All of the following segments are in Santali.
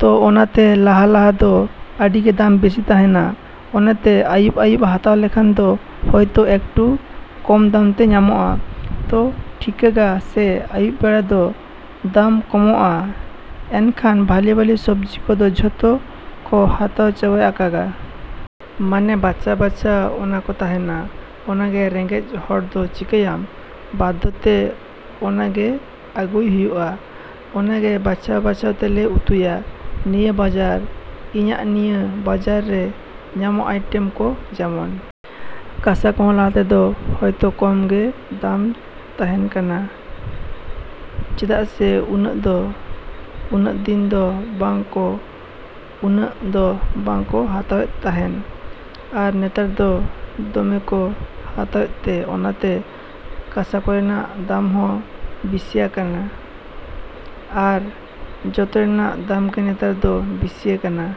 ᱛᱚ ᱚᱱᱟᱛᱮ ᱞᱟᱦᱟ ᱞᱟᱦᱟ ᱫᱚ ᱟᱹᱰᱤ ᱜᱮ ᱫᱟᱢ ᱵᱤᱥᱤ ᱛᱟᱦᱮᱱᱟ᱾ ᱚᱱᱟᱛᱮ ᱟᱹᱭᱩᱵ ᱟᱹᱭᱩᱵ ᱦᱟᱛᱟᱣ ᱞᱮᱠᱷᱟᱱ ᱫᱚ ᱦᱚᱭᱛᱚ ᱮᱠᱴᱩ ᱠᱚᱢ ᱫᱟᱢ ᱛᱮ ᱧᱟᱢᱚᱜᱼᱟ᱾ ᱛᱚ ᱴᱷᱤᱤᱠᱟᱹᱜᱼᱟ ᱥᱮ ᱟᱹᱭᱩᱵ ᱵᱮᱲᱟ ᱫᱚ ᱫᱟᱢ ᱠᱚᱢᱚᱜᱼᱟ ᱮᱱᱠᱷᱟᱱ ᱵᱷᱟᱹᱞᱤ ᱵᱷᱟᱹᱞᱤ ᱥᱚᱵᱽᱡᱤ ᱠᱚᱫᱚ ᱡᱚᱛᱚ ᱠᱚ ᱦᱟᱛᱟᱣ ᱪᱟᱵᱟ ᱟᱠᱟᱜᱼᱟ᱾ ᱢᱟᱱᱮ ᱵᱟᱪᱷᱟᱣ ᱵᱟᱪᱷᱟᱣ ᱚᱱᱟ ᱠᱚ ᱛᱟᱦᱮᱱᱟ ᱚᱱᱟ ᱜᱮ ᱨᱮᱸᱜᱮᱡᱽ ᱦᱚᱲ ᱫᱚ ᱪᱤᱠᱟᱹᱭᱟᱢ ᱵᱟᱫᱽᱫᱷᱚᱛᱮ ᱚᱱᱟ ᱜᱮ ᱟᱹᱜᱩᱭ ᱦᱩᱭᱩᱜᱼᱟ᱾ ᱚᱱᱟ ᱜᱮ ᱵᱟᱪᱷᱟᱣ ᱵᱟᱪᱷᱟᱣ ᱛᱮᱞᱮ ᱩᱛᱩᱭᱟ᱾ ᱱᱤᱭᱟᱹ ᱵᱟᱡᱟᱨ, ᱤᱧᱟᱹᱜ ᱱᱤᱭᱟᱹ ᱵᱟᱡᱟᱨ ᱨᱮ ᱧᱟᱢᱚᱜ ᱟᱭᱴᱮᱢ ᱠᱚ ᱡᱮᱢᱚᱱ ᱠᱟᱥᱟ ᱠᱚᱦᱚᱸ ᱞᱟᱦᱟᱛᱮᱫᱚ ᱦᱚᱭᱛᱚ ᱠᱚᱢ ᱜᱮ ᱫᱟᱢ ᱛᱟᱦᱮᱸ ᱠᱟᱱᱟ ᱪᱮᱫᱟᱜ ᱥᱮ ᱩᱱᱟᱹᱜ ᱫᱚ ᱩᱱᱟᱹᱜ ᱫᱤᱱ ᱫᱚ ᱵᱟᱝ ᱠᱚ ᱩᱱᱟᱹᱜ ᱫᱚ ᱵᱟᱝ ᱠᱚ ᱦᱟᱛᱟᱣᱮᱫ ᱛᱟᱦᱮᱱᱟ ᱟᱨ ᱱᱮᱛᱟᱨ ᱫᱚ ᱫᱚᱢᱮ ᱠᱚ ᱦᱟᱛᱟᱣ ᱛᱮ ᱚᱱᱟᱛᱮ ᱠᱟᱥᱟ ᱠᱚᱨᱮᱱᱟᱜ ᱫᱟᱢ ᱦᱚᱸ ᱵᱤᱥᱤ ᱟᱠᱟᱱᱟ ᱟᱨ ᱡᱚᱛᱚ ᱨᱮᱱᱟᱜ ᱫᱟᱢ ᱜᱮ ᱱᱤᱛᱚᱜ ᱫᱚ ᱵᱤᱥᱤ ᱟᱠᱟᱱᱟ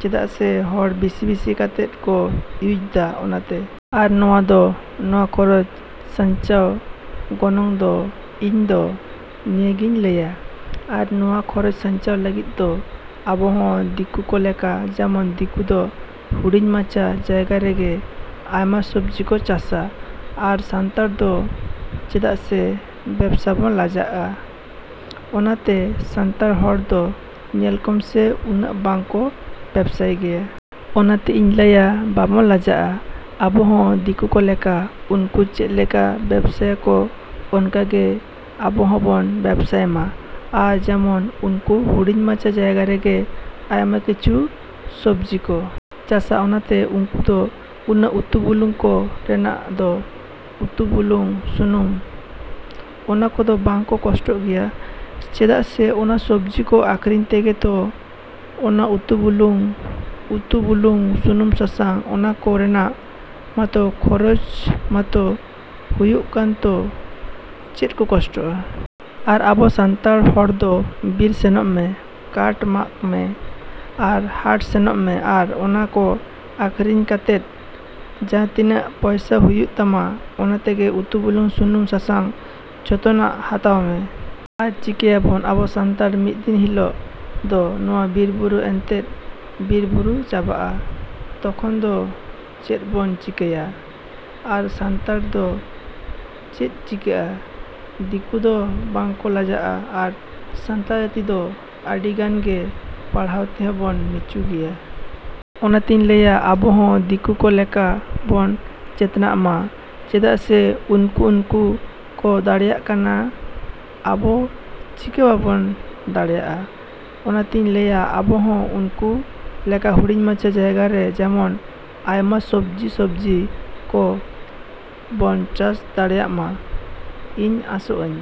ᱪᱮᱫᱟᱜ ᱥᱮ ᱦᱚᱲ ᱵᱤᱥᱤ ᱵᱤᱥᱤ ᱠᱟᱛᱮᱫ ᱠᱚ ᱤᱭᱩᱡᱽ ᱫᱟ ᱚᱱᱟᱛᱮ᱾ ᱟᱨ ᱱᱚᱣᱟ ᱫᱚ ᱱᱚᱣᱟ ᱠᱷᱚᱨᱚᱪ ᱥᱟᱧᱪᱟᱣ ᱜᱚᱱᱚᱝ ᱫᱚ ᱤᱧ ᱫᱚ ᱱᱤᱭᱟᱹ ᱜᱤᱧ ᱞᱟᱹᱭᱟ᱾ ᱟᱨ ᱱᱚᱣᱟ ᱠᱷᱚᱨᱚᱪ ᱥᱟᱧᱪᱟᱣ ᱞᱟᱹᱜᱤᱫ ᱫᱚ ᱟᱵᱚ ᱦᱚᱸ ᱫᱤᱠᱩ ᱠᱚ ᱞᱮᱠᱟ ᱡᱮᱢᱚᱱ ᱫᱤᱠᱩ ᱫᱚ ᱦᱩᱰᱤᱝ ᱢᱟᱪᱷᱟ ᱡᱟᱭᱜᱟ ᱨᱮᱜᱮ ᱟᱭᱢᱟ ᱥᱚᱵᱡᱤ ᱠᱚ ᱪᱟᱥᱟ ᱟᱨ ᱥᱟᱱᱛᱟᱲ ᱫᱚ ᱪᱮᱫᱟᱜ ᱥᱮ ᱵᱮᱵᱥᱟ ᱵᱚᱱ ᱞᱟᱡᱟᱜᱼᱟ ᱚᱱᱟᱛᱮ ᱥᱟᱱᱛᱟᱲ ᱦᱚᱲ ᱫᱚ ᱧᱮᱞ ᱠᱚᱢ ᱥᱮ ᱩᱱᱟᱹᱜ ᱵᱟᱝ ᱠᱚ ᱵᱮᱵᱥᱟᱭ ᱜᱮᱭᱟ᱾ ᱚᱱᱟᱛᱮ ᱤᱧ ᱞᱟᱹᱭᱟ ᱵᱟᱵᱚᱱ ᱞᱟᱡᱟᱜᱼᱟ, ᱟᱵᱚ ᱦᱚᱸ ᱫᱤᱠᱩ ᱠᱚ ᱞᱮᱠᱟ ᱩᱱᱠᱩ ᱪᱮᱫ ᱞᱮᱠᱟ ᱵᱮᱵᱥᱟᱭᱟ ᱠᱚ ᱚᱱᱠᱟ ᱜᱮ ᱟᱵᱚ ᱦᱚᱸ ᱵᱚᱱ ᱵᱮᱵᱥᱟᱭ ᱢᱟ᱾ ᱟᱨ ᱡᱮᱢᱚᱱ ᱩᱱᱠᱩ ᱦᱩᱰᱤᱝ ᱢᱟᱪᱷᱟ ᱡᱟᱭᱜᱟ ᱨᱮᱜᱮ ᱟᱭᱢᱟ ᱠᱤᱪᱷᱩ ᱥᱚᱵᱡᱤ ᱠᱚ ᱪᱟᱥᱟ ᱚᱱᱟᱛᱮ ᱩᱱᱠᱩ ᱫᱚ ᱩᱱᱟᱹᱜ ᱩᱛᱩ ᱵᱩᱞᱩᱝ ᱠᱚᱨᱮᱱᱟᱜ ᱫᱚ ᱩᱛᱩ ᱵᱩᱞᱩᱝ ᱥᱩᱱᱩᱢ ᱚᱱᱟ ᱠᱚᱫᱚ ᱵᱟᱝ ᱠᱚ ᱠᱚᱥᱴᱚᱜ ᱜᱮᱭᱟ ᱪᱮᱫᱟᱜ ᱥᱮ ᱚᱱᱟ ᱥᱚᱵᱡᱤ ᱠᱚ ᱟᱠᱷᱨᱤᱧ ᱛᱮᱜᱮ ᱛᱚ ᱚᱱᱟ ᱩᱛᱩ ᱵᱩᱞᱩᱝ ᱩᱛᱩ ᱵᱩᱞᱩᱝ ᱥᱩᱱᱩᱢ ᱥᱟᱥᱟᱝ ᱚᱱᱟ ᱠᱚᱨᱮᱱᱟᱜ ᱢᱟᱛᱚ ᱠᱷᱚᱨᱚᱪᱟ ᱢᱟᱛᱚ ᱦᱩᱭᱩᱜ ᱠᱟᱱ ᱛᱚ ᱪᱮᱫ ᱠᱚ ᱠᱚᱥᱴᱚᱜᱼᱟ? ᱟᱨ ᱟᱵᱚ ᱥᱟᱱᱛᱟᱲ ᱦᱚᱲ ᱫᱚ ᱵᱤᱨ ᱥᱮᱱᱚᱜ ᱢᱮ, ᱠᱟᱴ ᱢᱟᱜᱽ ᱢᱮ ᱟᱨ ᱦᱟᱴ ᱥᱮᱱᱚᱜ ᱢᱮ ᱟᱨ ᱚᱱᱟ ᱠᱚ ᱟᱠᱷᱨᱤᱧ ᱠᱟᱛᱮᱫ ᱡᱟᱦᱟᱛᱤᱱᱟᱹᱜ ᱯᱚᱭᱥᱟ ᱦᱩᱭᱩᱜ ᱛᱟᱢᱟ ᱚᱱᱟ ᱛᱮᱜᱮ ᱩᱛᱩ ᱵᱩᱞᱩᱝ ᱥᱩᱱᱩᱢ ᱥᱟᱥᱟᱝ ᱡᱚᱛᱚ ᱱᱟᱜ ᱦᱟᱛᱟᱣ ᱢᱮ᱾ ᱟᱨ ᱪᱤᱠᱟᱹᱭᱟ ᱵᱚᱱ ᱟᱵᱚ ᱥᱟᱱᱛᱟᱲ ᱢᱤᱫ ᱫᱤᱱ ᱦᱤᱞᱚᱜ ᱫᱚ ᱱᱚᱣᱟ ᱵᱩᱨᱩ ᱮᱱᱛᱮᱫ ᱵᱤᱨ ᱵᱩᱨᱩ ᱪᱟᱵᱟᱜᱼᱟ ᱛᱚᱠᱷᱚᱱ ᱫᱚ ᱪᱮᱫ ᱵᱚᱱ ᱪᱤᱠᱟᱹᱭᱟ? ᱟᱨ ᱥᱟᱱᱛᱟᱲ ᱫᱚ ᱪᱮᱫ ᱪᱤᱠᱟᱹᱜᱼᱟ? ᱫᱤᱠᱩ ᱫᱚ ᱵᱟᱝ ᱠᱚ ᱞᱟᱡᱟᱜᱼᱟ ᱟᱨ ᱥᱟᱱᱛᱟᱲ ᱡᱟᱹᱛᱤ ᱫᱚ ᱟᱹᱰᱤ ᱜᱟᱱ ᱜᱮ ᱯᱟᱲᱦᱟᱣ ᱛᱮᱦᱚᱸ ᱵᱚᱱ ᱱᱤᱪᱩ ᱜᱮᱭᱟ᱾ ᱚᱱᱟᱛᱮᱧ ᱞᱟᱹᱭᱟ ᱟᱵᱚ ᱦᱚᱸ ᱫᱤᱠᱩ ᱠᱚ ᱞᱮᱠᱟ ᱵᱚᱱ ᱪᱮᱛᱚᱱᱟᱜ ᱢᱟ ᱪᱮᱫᱟᱜ ᱥᱮ ᱩᱱᱠᱩ ᱩᱱᱠᱩ ᱠᱚ ᱫᱟᱲᱮᱭᱟᱜ ᱠᱟᱱᱟ ᱟᱵᱚ ᱪᱤᱠᱟᱹ ᱵᱟᱵᱚᱱ ᱫᱟᱲᱮᱭᱟᱜᱼᱟ? ᱚᱱᱟᱛᱮᱧ ᱞᱟᱹᱭᱟ ᱟᱵᱚ ᱦᱚᱸ ᱩᱱᱠᱩ ᱞᱮᱠᱟ ᱦᱩᱰᱤᱝ ᱢᱟᱪᱷᱟ ᱡᱟᱭᱜᱟ ᱨᱮ ᱡᱮᱢᱚᱱ ᱟᱭᱢᱟ ᱥᱚᱵᱡᱤ ᱥᱚᱵᱡᱤ ᱠᱚ ᱵᱚᱱ ᱪᱟᱥ ᱫᱟᱲᱮᱭᱟᱜ ᱢᱟ ᱤᱧ ᱟᱥᱚᱜ ᱟᱹᱧ᱾